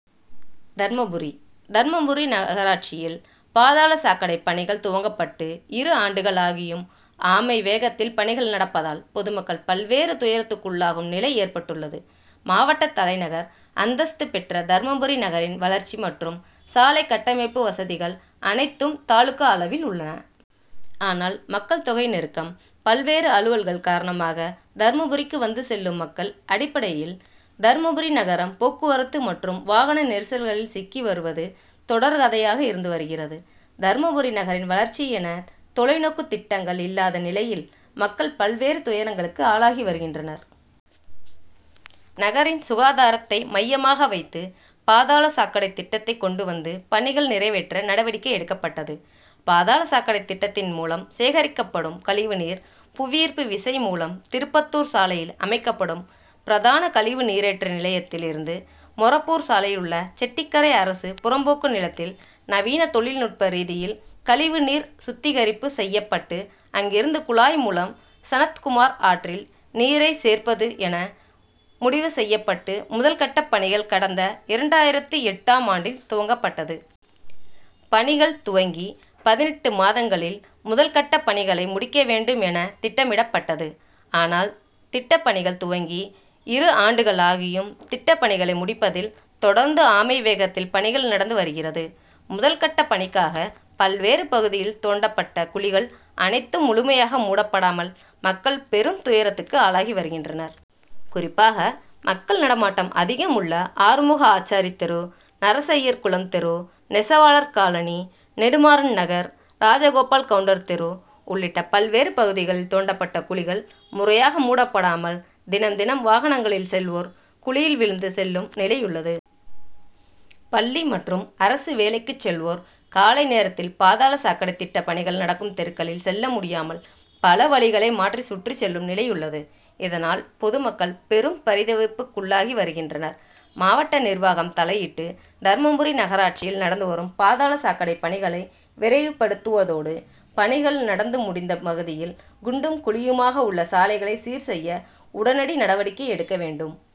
தர்மபுரி: தர்மபுரி நகராட்சியில் பாதாள சாக்கடை பணிகள் துவங்கப்பட்டு இரு ஆண்டுகள் ஆகியும், ஆமை வேகத்தில் பணிகள் நடப்பதால், பொதுமக்கள் பல்வேறு துயரத்துக்குள்ளாகும் நிலை ஏற்பட்டுள்ளது. மாவட்ட தலைநகர் அந்தஸ்து பெற்ற தர்மபுரி நகரின் வளர்ச்சி மற்றும் சாலை கட்டமைப்பு வசதிகள் அனைத்தும் தாலுகா அளவில் உள்ளன. ஆனால், மக்கள் தொகை நெருக்கம், பல்வேறு அலுவல்கள் காரணமாக தர்மபுரிக்கு வந்து செல்லும் மக்கள் அடிப்படையில் தர்மபுரி நகரம் போக்குவரத்து மற்றும் வாகன நெரிசல்களில் சிக்கி வருவது தொடர் கதையாக இருந்து வருகிறது. தர்மபுரி நகரின் வளர்ச்சி என தொலை நோக்கு திட்டங்கள் இல்லாத நிலையில் மக்கள் பல்வேறு துயரங்களுக்கு ஆளாகி வருகின்றனர். நகரின் சுகாதாரத்தை மையமாக வைத்து பாதாள சாக்கடை திட்டத்தை கொண்டு வந்து பணிகள் நிறைவேற்ற நடவடிக்கை எடுக்கப்பட்டது. பாதாள சாக்கடை திட்டத்தின் மூலம் சேகரிக்கப்படும் கழிவு நீர் புவிஈர்ப்பு விசை மூலம் திருப்பத்தூர் சாலையில் அமைக்கப்படும் பிரதான கழிவு நீரேற்று நிலையத்தில் இருந்து மொரப்பூர் சாலையில் உள்ள செட்டிக்கரை அரசு புறம்போக்கு நிலத்தில் நவீன தொழில் நுட்ப ரீதியில் கழிவு நீர் சுத்திகரிப்பு செய்யப்பட்டு, அங்கிருந்து குழாய் மூலம் சனத்குமார் ஆற்றில் நீரை சேர்ப்பது என முடிவு செய்யப்பட்டு முதல் கட்ட பணிகள் கடந்த இரண்டாயிரத்து எட்டாம் ஆண்டில் துவங்கப்பட்டது. பணிகள் துவங்கி பதினெட்டு மாதங்களில் முதல் கட்ட பணிகளை முடிக்க வேண்டும் என திட்டமிடப்பட்டது. ஆனால், திட்ட பணிகள் துவங்கி இரு ஆண்டுகள் ஆகியும் திட்ட பணிகளை முடிப்பதில் தொடர்ந்து ஆமை வேகத்தில் பணிகள் நடந்து வருகிறது. முதல் கட்ட பணிக்காக பல்வேறு பகுதியில் தோண்டப்பட்ட குழிகள் அனைத்தும் முழுமையாக மூடப்படாமல் மக்கள் பெரும் துயரத்துக்கு ஆளாகி வருகின்றனர். குறிப்பாக மக்கள் நடமாட்டம் அதிகம் உள்ள ஆறுமுக ஆச்சாரி தெரு, நரசய்யர் குளம் தெரு, நெசவாளர் காலனி, நெடுமாறன் நகர், ராஜகோபால் கவுண்டர் தெரு உள்ளிட்ட பல்வேறு பகுதியில் தோண்டப்பட்ட குழிகள் முறையாக மூடாமல் தினம், தினம் வாகனங்களில் செல்வோர் குழியில் விழுந்து செல்லும் நிலையுள்ளது. பள்ளி மற்றும் அரசு வேலைக்கு செல்வோர் காலை நேரத்தில் பாதாள சாக்கடை திட்ட பணிகள் நடக்கும் தெருக்களில் செல்ல முடியாமல் பல வழிகளை மாற்றி சுற்றி செல்லும் நிலையுள்ளது. இதனால், பொதுமக்கள் பெரும் பரிதவிப்புக்குள்ளாகி வருகின்றனர். மாவட்ட நிர்வாகம் தலையீட்டு தர்மபுரி நகராட்சியில் நடந்து வரும் பாதாள சாக்கடை பணிகளை விரைவுப்படுத்துவதோடு, பணிகள் நடந்து முடிந்த பகுதியில் குண்டும் குழியுமாக உள்ள சாலைகளை சீர் செய்ய உரிய நடவடிக்கை எடுக்க வேண்டும்.